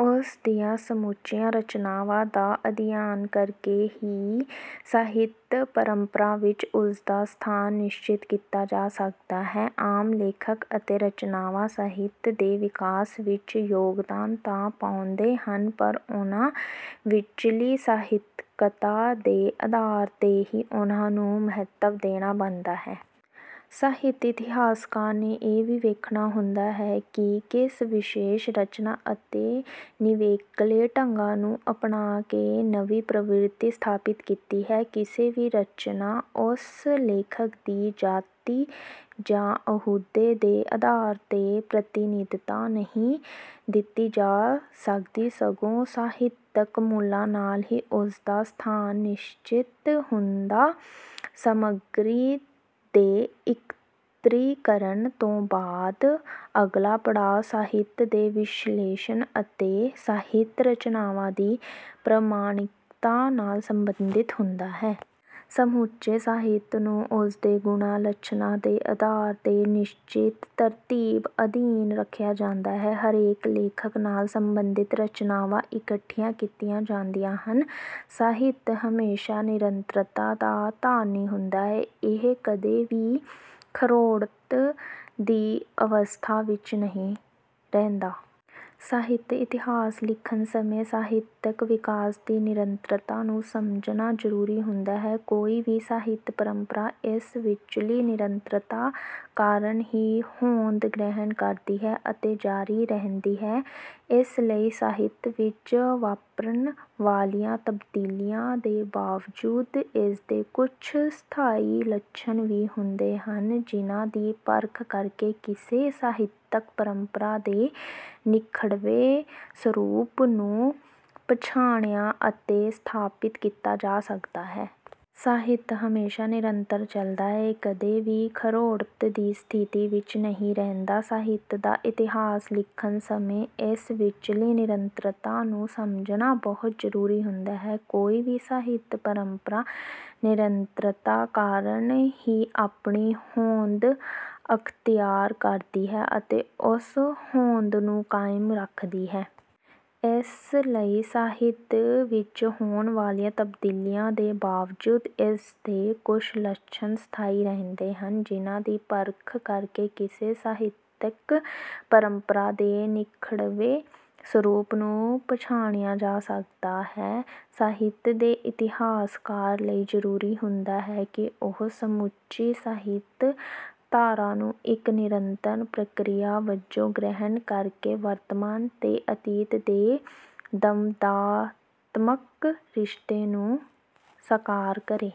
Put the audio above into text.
ਉਸਦੀਆਂ ਸਮੁੱਚੀਆਂ ਰਚਨਾਵਾਂ ਦਾ ਅਧਿਐਨ ਕਰਕੇ ਹੀ ਸਾਹਿਤ ਪਰੰਪਰਾ ਵਿੱਚ ਉਸਦਾ ਸਥਾਨ ਨਿਸ਼ਚਿਤ ਕੀਤਾ ਜਾ ਸਕਦਾ ਹੈ ਆਮ ਲੇਖਕ ਅਤੇ ਰਚਨਾਵਾਂ ਸਾਹਿਤ ਦੇ ਵਿਕਾਸ ਵਿੱਚ ਯੋਗਦਾਨ ਤਾਂ ਪਾਉਂਦੇ ਹਨ ਪਰ ਉਹਨਾਂ ਵਿਚਲੀ ਸਾਹਿਤਕਤਾ ਦੇ ਆਧਾਰ ਤੇ ਹੀ ਉਹਨਾਂ ਨੂੰ ਮਹੱਤਵ ਦੇਣਾ ਬਣਦਾ ਹੈ। ਸਾਹਿਤ ਇਤਿਹਾਸਕਾਰ ਨੇ ਇਹ ਵੀ ਵੇਖਣਾ ਹੁੰਦਾ ਹੈ ਕਿ ਕਿਸ ਵਿਸ਼ੇਸ਼ ਰਚਨਾ ਅਤੇ ਨਿਵੇਕਲੇ ਢੰਗਾਂ ਨੂੰ ਅਪਣਾ ਕੇ ਨਵੀ ਪ੍ਰਵਿਰਤੀ ਸਥਾਪਿਤ ਕੀਤੀ ਹੈ। ਕਿਸੇ ਵੀ ਰਚਨਾ ਉਸ ਲੇਖਕ ਦੀ ਜਾਤੀ ਜਾ ਅਹੁਦੇ ਦੇ ਆਧਾਰ ਤੇ ਪ੍ਰਤਿਨਿੱਧਤਾ ਨਹੀਂ ਦਿੱਤੀ ਜਾ ਸਕਦੀ ਸਗੋਂ ਸਾਹਿਤਕ ਮੁੱਲਾ ਨਾਲ ਹੀ ਉਸਦਾ ਸਥਾਨ ਨਿਸਚਿਤ ਹੁੰਦਾ ਸਮੱਗਰੀ ਦੇ ਇਕੱਤਰੀਕਰਨ ਤੋਂ ਬਾਅਦ ਅਗਲਾ ਪੜਾਅ ਸਾਹਿਤ ਦੇ ਵਿਸ਼ਲੇਸ਼ਣ ਅਤੇ ਸਾਹਿਤ ਰਚਨਾਵਾਂ ਦੀ ਪ੍ਰਮਾਣਿਕਤਾ ਨਾਲ ਸੰਬੰਧਿਤ ਹੁੰਦਾ ਹੈ। ਸਮੁੱਚੇ ਸਾਹਿਤ ਨੂੰ ਉਸਦੇ ਗੁਣਾ, ਲੱਛਣਾਂ ਦੇ ਅਧਾਰ ਤੇ ਨਿਸ਼ਚਿਤ ਤਰਤੀਬ ਅਧੀਨ ਰੱਖਿਆ ਜਾਂਦਾ ਹੈ। ਹਰੇਕ ਲੇਖਕ ਨਾਲ ਸੰਬੰਧਿਤ ਰਚਨਾਵਾਂ ਇਕੱਠੀਆਂ ਕੀਤੀਆਂ ਜਾਂਦੀਆਂ ਹਨ। ਸਾਹਿਤ ਹਮੇਸ਼ਾ ਨਿਰੰਤਰਤਾ ਦਾ ਧਾਰਨੀ ਹੁੰਦਾ ਹੈ। ਇਹ ਕਦੀ ਵੀ ਖੜੋਤ ਦੀ ਅਵਸਥਾ ਵਿੱਚ ਨਹੀਂ ਰਹਿੰਦਾ। ਸਾਹਿਤ ਇਤਿਹਾਸ ਲਿਖਣ ਸਮੇਂ ਸਾਹਿਤਕ ਵਿਕਾਸ ਦੀ ਨਿਰੰਤਰਤਾ ਨੂੰ ਸਮਝਣਾ ਜਰੂਰੀ ਹੁੰਦਾ ਹੈ। ਕੋਈ ਵੀ ਸਾਹਿਤ ਪਰੰਪਰਾ ਇਸ ਵਿਚਲੀ ਨਿਰੰਤਰਤਾ ਕਾਰਨ ਹੀ ਹੋਂਦ ਗ੍ਰਹਿਣ ਕਰਦੀ ਹੈ ਅਤੇ ਜਾਰੀ ਰਹਿੰਦੀ ਹੈ। ਇਸ ਲਈ ਸਾਹਿਤ ਵਿੱਚ ਵਾਪਰਨ ਵਾਲੀਆਂ ਤਬਦੀਲੀਆਂ ਦੇ ਬਾਵਜੂਦ ਇਸਦੇ ਕੁਝ ਸਥਾਈ ਲੱਛਣ ਵੀ ਹੁੰਦੇ ਹਨ ਜਿਨ੍ਹਾਂ ਦੀ ਪਰਖ ਕਰਕੇ ਕਿਸੇ ਸਾਹਿਤਿਕ ਪਰੰਪਰਾਂ ਦੇ ਨਿਖੜਵੇਂ ਸਰੂਪ ਨੂੰ ਪਛਾਣਿਆ ਅਤੇ ਸਥਾਪਿਤ ਕੀਤਾ ਜਾ ਸਕਦਾ ਹੈ। ਸਾਹਿਤ ਹਮੇਸ਼ਾ ਨਿਰੰਤਰ ਚੱਲਦਾ ਹੈ। ਇਹ ਕਦੀ ਵੀ ਖੜੋਤ ਦੀ ਸਥਿਤੀ ਵਿਚ ਨਹੀਂ ਰਹਿੰਦਾ। ਸਾਹਿਤ ਦਾ ਇਤਿਹਾਸ ਲਿਖਣ ਸਮੇਂ ਇਸ ਵਿਚਲੀ ਨਿਰੰਤਰਤਾ ਨੂੰ ਸਮਝਣਾ ਬਹੁਤ ਜਰੂਰੀ ਹੁੰਦਾ ਹੈ। ਕੋਈ ਵੀ ਸਾਹਿਤ ਪਰੰਪਰਾ ਨਿਰੰਤਰਤਾ ਕਾਰਨ ਹੀ ਆਪਣੀ ਹੋਂਦ ਅਖਤਿਆਰ ਕਰਦੀ ਹੈ ਅਤੇ ਉਸ ਹੋਂਦ ਨੂੰ ਕਾਇਮ ਰੱਖਦੀ ਹੈ। ਇਸ ਲਈ ਸਾਹਿਤ ਵਿਚ ਹੋਣ ਵਾਲੀਆਂ ਤਬਦੀਲੀਆਂ ਦੇ ਬਾਵਜੂਦ ਇਸਦੇ ਕੁਝ ਲੱਛਣ ਸਥਾਈ ਰੰਹਿਦੇ ਹਨ ਜਿਨ੍ਹਾਂ ਦੀ ਪਰਖ ਕਰਕੇ ਕਿਸੇ ਸਾਹਿਤਕ ਪਰੰਪਰਾਂ ਦੇ ਨਿਖਨੜਵੇਂ ਸਰੂਪ ਨੂੰ ਪਛਾਣਿਆ ਜਾ ਸਕਦਾ ਹੈ। ਸਾਹਿਤ ਦੇ ਇਤਿਹਾਸਕਾਰ ਲਈ ਜਰੂਰੀ ਹੁੰਦਾ ਹੈ ਕਿ ਉਹ ਸਮੁੱਚੀ ਸਾਹਿਤ-ਧਾਰਾ ਨੂੰ ਇਕ ਨਿਰੰਤਰ ਪ੍ਰਕਿਰਿਆ ਵਜੋਂ ਗ੍ਰਹਿਣ ਕਰਕੇ ਵਰਤਮਾਨ ਤੇ ਅਤੀਤ ਦੇ ਦੰਵਦਾਤਮਕ ਰਿਸ਼ਤੇ ਨੂੰ ਸਾਕਾਰ ਕਰੇ।